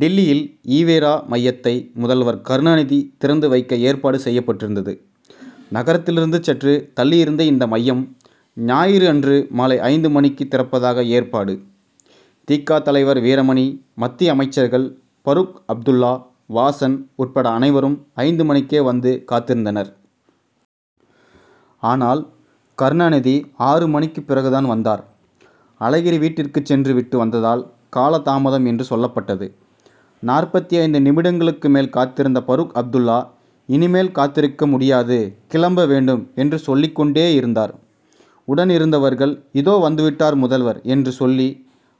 டில்லியில் ஈ. வே. ரா., மையத்தை முதல்வர் கருணாநிதி திறந்து வைக்க ஏற்பாடு செய்யப்பட்டிருந்தது. நகரத்திலிருந்து சற்று தள்ளியிருந்த இந்த மையம், ஞாயிறு அன்று மாலை ஐந்து மணிக்கு திறப்பதாக ஏற்பாடு. தி. க., தலைவர் வீரமணி, மத்திய அமைச்சர்கள் பரூக் அப்துல்லா, வாசன் உட்பட அனைவரும் ஐந்து மணிக்கே வந்து காத்திருந்தனர். ஆனால், கருணாநிதி ஆறு மணிக்குப் பிறகு தான் வந்தார். அழகிரி வீட்டிற்கு சென்று விட்டு வந்ததால் கால தாமதம் என்று சொல்லப்பட்டது. நாற்பத்தைந்து நிமிடங்களுக்கு மேல் காத்திருந்த பரூக் அப்துல்லா, 'இனிமேல் காத்திருக்க முடியாது, கிளம்ப வேண்டும்' என்று சொல்லிக் கொண்டேயிருந்தார். உடன் இருந்தவர்கள், இதோ வந்துவிட்டார் முதல்வர் என்று சொல்லி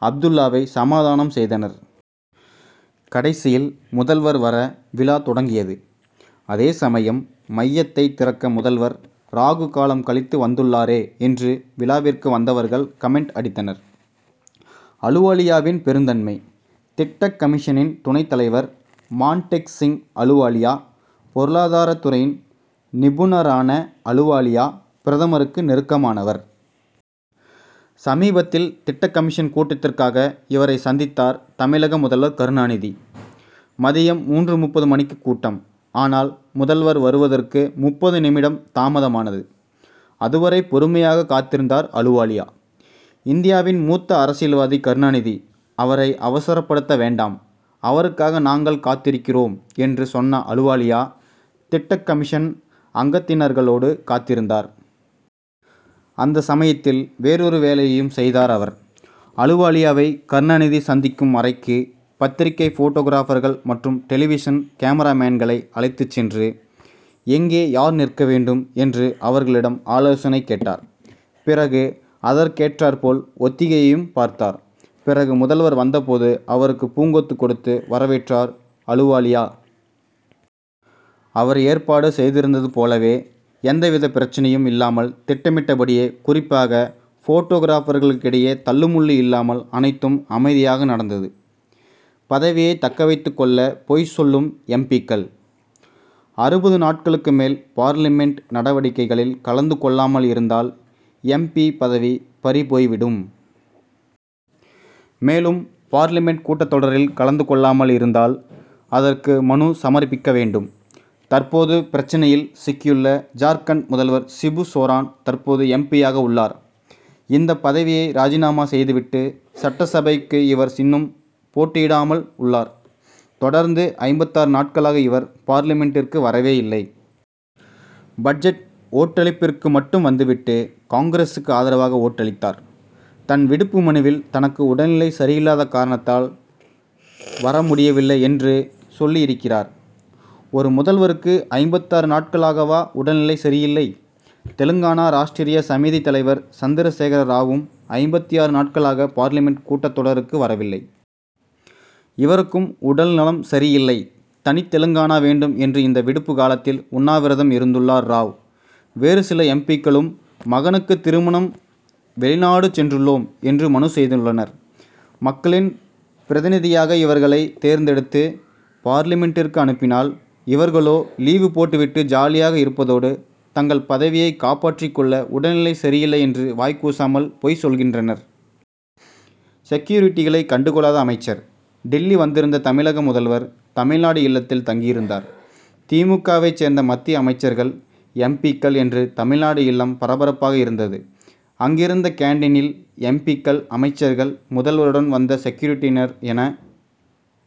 அப்துல்லாவை சமாதானம் செய்தனர். கடைசியில் முதல்வர் வர, விழா தொடங்கியது. அதே சமயம், மையத்தைத் திறக்க முதல்வர் ராகு காலம் கழித்து வந்துள்ளாரே என்று விழாவிற்கு வந்தவர்கள் கமென்ட் அடித்தனர். அலுவாலியாவின் பெருந்தன்மை: திட்டக் கமிஷனின் துணைத் தலைவர் மான்டேக் சிங் அலுவாலியா. பொருளாதாரத் துறையின் நிபுணரான அலுவாலியா, பிரதமருக்கு நெருக்கமானவர். சமீபத்தில், திட்டக் கமிஷன் கூட்டத்திற்காக இவரை சந்தித்தார் தமிழக முதல்வர் கருணாநிதி. மதியம் மூன்று.முப்பது மணிக்கு கூட்டம். ஆனால், முதல்வர் வருவதற்கு முப்பது நிமிடம் தாமதமானது. அதுவரை பொறுமையாக காத்திருந்தார் அலுவாலியா. 'இந்தியாவின் மூத்த அரசியல்வாதி கருணாநிதி, அவரை அவசரப்படுத்த வேண்டாம், அவருக்காக நாங்கள் காத்திருக்கிறோம்' என்று சொன்ன அலுவாலியா, திட்டக்கமிஷன் அங்கத்தினர்களோடு காத்திருந்தார். அந்த சமயத்தில் வேறொரு வேலையையும் செய்தார் அவர். அலுவாலியாவை கருணாநிதி சந்திக்கும் அறைக்கு பத்திரிகை போட்டோகிராபர்கள் மற்றும் டெலிவிஷன் கேமராமேன்களை அழைத்துச் சென்று, எங்கே, யார் நிற்க வேண்டும்' என்று அவர்களிடம் ஆலோசனை கேட்டார். பிறகு அதற்கேற்றாற்போல் ஒத்திகையும் பார்த்தார். பிறகு முதல்வர் வந்தபோது, அவருக்கு பூங்கொத்து கொடுத்து வரவேற்றார் அலுவாலியா. அவர் ஏற்பாடு செய்திருந்தது போலவே எந்தவித பிரச்னையும் இல்லாமல் திட்டமிட்டபடியே, குறிப்பாக போட்டோகிராபர்களிடையே தள்ளுமுள்ளு இல்லாமல், அனைத்தும் அமைதியாக நடந்தது. பதவியை தக்கவைத்துக் கொள்ள பொய் சொல்லும் எம். பி.,க்கள்: அறுபது நாட்களுக்கு மேல் பார்லிமென்ட் நடவடிக்கைகளில் கலந்து கொள்ளாமல் இருந்தால் எம். பி., பதவி பறிபோய்விடும். மேலும், பார்லிமென்ட் கூட்டத் தொடரில் கலந்து கொள்ளாமல் இருந்தால், அதற்கு மனு சமர்ப்பிக்க வேண்டும். தற்போது பிரச்னையில், சிக்கியுள்ள ஜார்க்கண்ட் முதல்வர் சிபு சோரன் தற்போது எம். பி.,யாக உள்ளார். இந்த பதவியை ராஜினாமா செய்துவிட்டு, சட்டசபைக்கு இவர் சின்னம் போட்டியிடாமல் உள்ளார். தொடர்ந்து ஐம்பத்தாறு நாட்களாக இவர் பார்லிமென்டிற்கு வரவே இல்லை. பட்ஜெட் ஓட்டளிப்பிற்கு மட்டும் வந்துவிட்டு காங்கிரசுக்கு ஆதரவாக ஓட்டளித்தார். தன் விடுப்பு மனுவில், தனக்கு உடல்நிலை சரியில்லாத காரணத்தால் வரமுடியவில்லை என்று சொல்லியிருக்கிறார். ஒரு முதல்வருக்கு ஐம்பத்தாறு நாட்களாகவா உடல்நிலை சரியில்லை? தெலுங்கானா ராஷ்ட்ரிய சமிதி தலைவர் சந்திரசேகரராவும் ஐம்பத்தாறு நாட்களாக பார்லிமென்ட் கூட்டத் தொடருக்கு வரவில்லை. இவருக்கும் உடல்நலம் சரியில்லை. தனி தெலுங்கானா வேண்டும் என்று இந்த விடுப்பு காலத்தில் உண்ணாவிரதம் இருந்துள்ளார் ராவ். வேறு சில எம். பி.,க்களும், மகனுக்கு திருமணம் வெளிநாடு சென்றுள்ளோம் என்று மனு செய்துள்ளனர். மக்களின் பிரதிநிதியாக இவர்களை தேர்ந்தெடுத்து, பார்லிமென்டிற்கு அனுப்பினால், இவர்களோ லீவ் போட்டுவிட்டு ஜாலியாக இருப்பதோடு, தங்கள் பதவியை காப்பாற்றிக் கொள்ள உடல்நிலை சரியில்லை என்று வாய் கூசாமல் பொய் சொல்கின்றனர். செக்யூரிட்டிகளை கண்டுகொள்ளாத அமைச்சர்: டில்லி வந்திருந்த தமிழக முதல்வர், தமிழ்நாடு இல்லத்தில் தங்கியிருந்தார். தி. மு. க.,வைச் சேர்ந்த மத்திய அமைச்சர்கள், எம். பி.,க்கள் என்று தமிழ்நாடு இல்லம் பரபரப்பாக இருந்தது. அங்கிருந்த கேன்டீனில் எம். பி.,க்கள், அமைச்சர்கள், முதல்வருடன் வந்த செக்யூரிட்டியினர் என